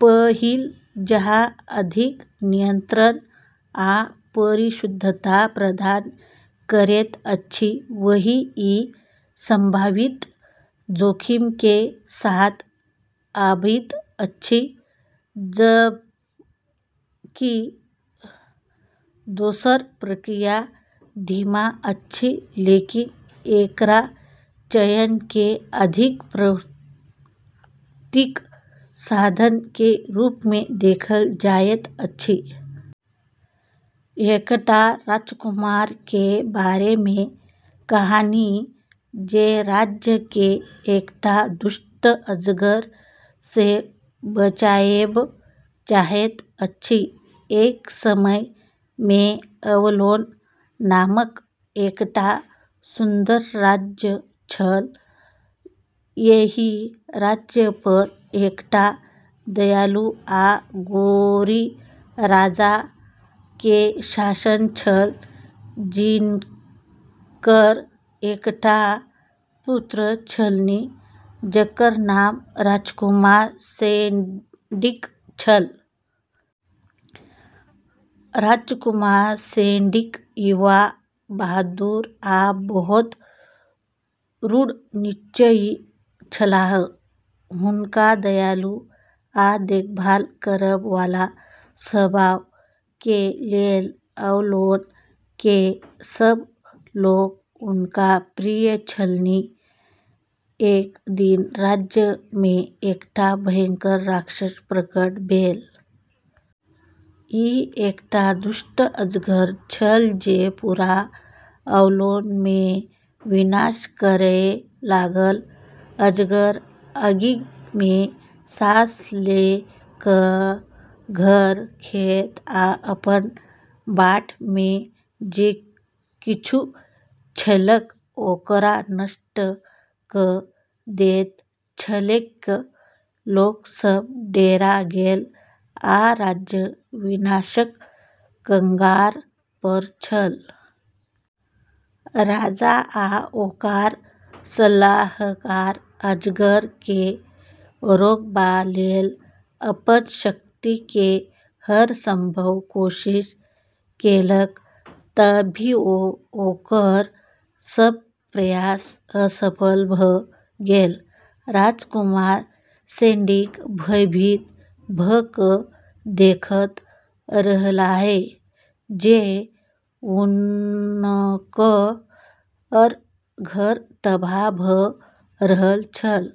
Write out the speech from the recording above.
पहिल जहाँ अधिक नियंत्रण आ परिशुद्धता प्रदान करैत अछि, वहीं ई संभावित जोखिम के साथ आबैत अछि, जबकि दोसर प्रक्रिया धीमा अछि लेकिन एकरा चयन के अधिक प्राकृतिक साधन के रूप मे देखल जाइत अछि। एकटा राजकुमार के बारे मे कहानी जे राज्य के एकटा दुष्ट अजगर सँ बचाएब चाहैत अछि। एक समय मे अवलोन नामक एकटा सुन्दर राज्य छल। एहि राज्य पर एकटा दयालु आ गोरी राजा के शासन छल जिनकर एकटा पुत्र छलनि जकर नाम राजकुमार सेड्रिक छल। राजकुमार सेड्रिक युवा, बहादुर आ बहुत दृढ़ निश्चयी छलाह। हुनक दयालु आ देखभाल करब वाला स्वभाव के लेल अवलोन के सभ लोक हुनका प्रिय छलनि। एक दिन राज्य मे एकटा भयंकर राक्षस प्रकट भेल। ई एकटा दुष्ट अजगर छल जे पूरा अवलोन मे विनाश करय लागल। अजगर आगि मे साँस ल' क' घर, खेत, आ अपन बाट मे जे किछु छलैक ओकरा नष्ट क' दैत छलैक। लोक सभ डेरा गेल, आ राज्य विनाशक कगार पर छल। राजा आ ओकर सलाहकार अजगर के रोकबा लेल अपन शक्ति के हर संभव कोशिश केलक, तभियो ओकर सब प्रयास असफल भ गेल। राजकुमार सेड्रिक भयभीत भ' क' देखैत रहलाह जे हुनकर घर तबाह भ' रहल छल।